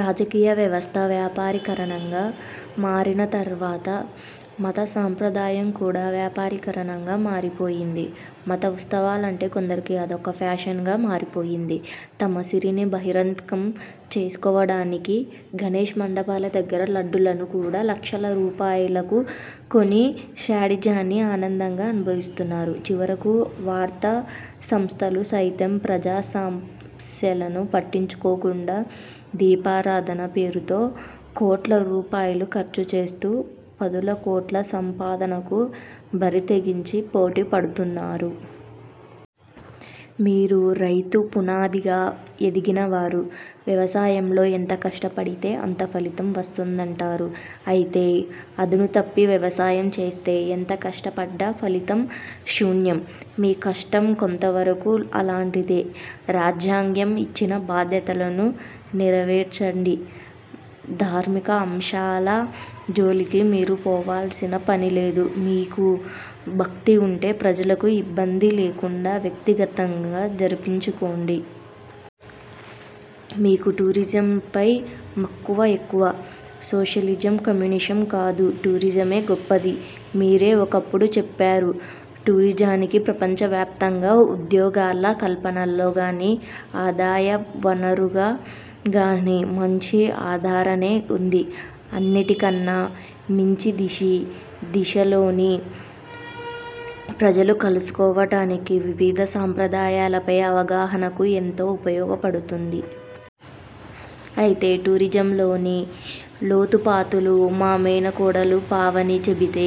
రాజకీయ వ్యవస్థ వ్యాపారీకరణంగా మారిన తర్వాత మత సాంప్రదాయం కూడా వ్యాపారీకరణంగా మారిపోయింది. మత ఉత్సవాలంటే కొందరికి అదొక ప్యాషన్గా మారిపోయింది. తమ సిరిని బహిరంకం చేసుకోవడానికి గణేష్ మండపాల దగ్గర లడ్డూలను కూడా లక్షల రూపాయలకు కొని శాడిజాన్ని ఆనందంగా అనుభవిస్తున్నారు. చివరకు వార్తా సంస్థలు సైతం ప్రజాసమస్యలను పట్టించుకోకుండా దీపారాధాన పేరుతో కోట్ల రూపాయలు ఖర్చుచేస్తూ పదుల కోట్ల సంపాదనకు బరితెగించి పోటీపడుతున్నారు. మీరు రైతు పునాదిగా ఎదిగినవారు. వ్యవసాయంలో ఎంత కష్టపడితే అంత ఫలితం వస్తుందంటారు. అయితే అదునుతప్పి వ్యవసాయం చేస్తే ఎంత కష్టపడ్డా ఫలితం శూన్యం. మీ కష్టం కొంతవరకు అలాంటిదే. రాజ్యాంగం ఇచ్చిన బాధ్యతలను నెరవేర్చండి. ధార్మిక అంశాల జోలికి మీరు పోవలసిన పనిలేదు. మీకు భక్తి ఉంటే ప్రజలకు ఇబ్బంది లేకుండా వ్యక్తిగతంగా జరిపించుకోండి. మీకు టూరిజంపై మక్కువ ఎక్కువ. సోషలిజం కమ్యూనిజం కాదు టూరిజమే గొప్పది మీరే ఒకప్పుడు చెప్పారు. టూరిజానికి ప్రపంచవ్యాప్తంగా ఉద్యోగాల కల్పనలో గానీ, ఆదాయవనరుగా గానీ మంచి ఆదారణే ఉంది. అన్నింటికన్నా మించి దిషి దిశలోని ప్రజలు కలుసుకోవడానికి వివిధ సాంప్రదాయాలపై అవగాహనకు ఎంతో ఉపయోగపడుతుంది. అయితే టూరిజంలోని లోతుపాతులు మా మేనకోడలు పావని చెబితే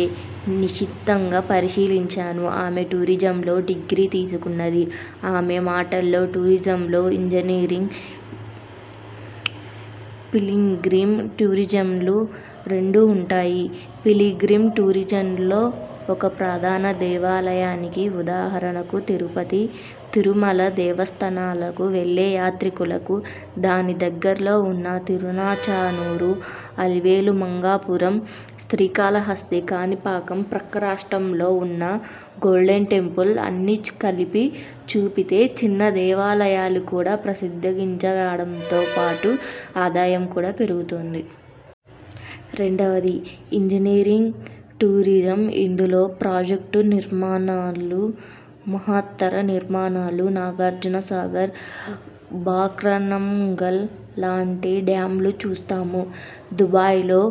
నిశితంగా పరిశీలించాను. ఆమె టూరిజంలో డిగ్రీ తీసుకున్నది. ఆమె మాటల్లో ''టూరిజంలో ఇంజనీరింగ్, పిలిగ్రిమ్ టూరిజమ్లు రెండు ఉంటాయి. పిలిగ్రిమ్ టూరిజంలో ఒక ప్రధాన దేవాలయానికి–ఉదాహరణకు తిరుపతి- తిరుమల దేవస్థానాలకు–వెళ్ళే యాత్రికులకు దాని దగ్గర్లో ఉన్న తిరుచానూరు, అలివేలుమంగాపురం, శ్రీకాళహస్తి, కాణిపాకం, ప్రక్క రాష్ట్రంలో ఉన్న గోల్డెన్టెంపుల్ అన్ని కలిపి చూపితే చిన్న దేవాలయాలు కూడా ప్రసిద్ధగించగావడంతోపాటు ఆదాయం కూడా పెరుగుతుంది. రెండవది ఇంజనీరింగ్ టూరిజం. ఇందులో ప్రాజెక్టు నిర్మాణాలు, మహత్తర నిర్మాణాలు, నాగార్జున సాగర్, బాక్రానంగల్ లాంటి డ్యామ్లు చూస్తాము. దుబాయిలో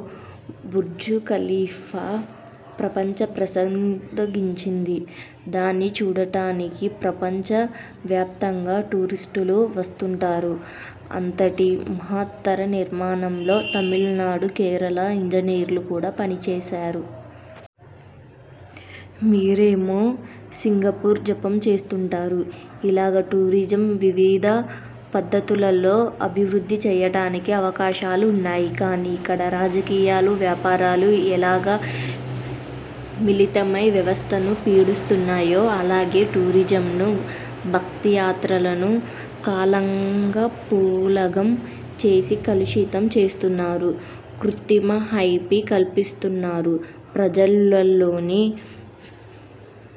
'బుర్జు ఖలీఫా' ప్రపంచ ప్రసిద్ధగించింది దాన్ని చూడటానికి ప్రపంచవ్యాప్తంగా టూరిస్టులు వస్తుంటారు. అంతటి మహత్తర నిర్మాణంలో తమిళనాడు, కేరళ ఇంజనీర్లు కూడా పనిచేశారు. మీరేమో సింగపూర్ జపం చేస్తుంటారు. ఇలాగా టూరిజం వివిధ పద్ధతులలో అభివృద్ధి చేయడానికి అవకాశాలున్నాయి. కానీ ఇక్కడ రాజకీయాలు- వ్యాపారాలు ఎలాగా మిళితమై వ్యవస్థను పీడిస్తున్నాయో, అలాగే టూరిజంను, భక్తి యాత్రలను కాలంగాపులగం చేసి కలుషితం చేస్తున్నారు. కృత్రిమ హైపి కల్పిస్తున్నారు. ప్రజలలోని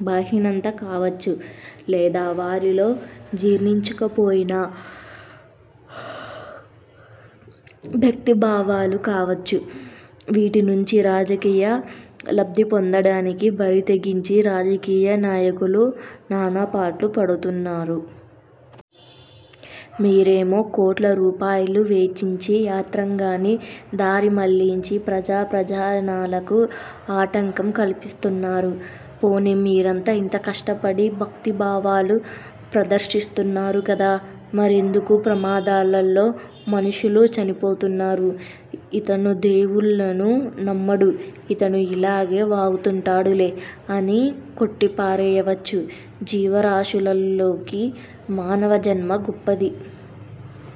బలహీనంత కావచ్చు లేదా వారిలో జీర్ణించుకుపోయిన భక్తి భావాలు కావచ్చు, వీటి నుంచి రాజకీయ లబ్ధిపొందడానికి బరితెగించి రాజకీయ నాయకులు నానాపాట్లు పడుతున్నారు. మీరేమో కోట్ల రూపాయలు వేచించి, యత్రాంగాన్ని దారి మళ్ళించి ప్రజా ప్రజానాలకు ఆటంకం కల్పిస్తున్నారు. పోనీ మీరంతా ఇంత కష్టపడి భక్తి భావాలు ప్రదర్శిస్తున్నారు కదా! మరెందుకు ప్రమాదాలలో మనుషులు చనిపోతున్నారు. ''ఇతను దేవుళ్ళను నమ్మడు ఇతను ఇలాగే వాగుతుంటాడులే'' అని కొట్టి పారేయవచ్చు. జీవరాశులలోకి మానవ జన్మ గొప్పది.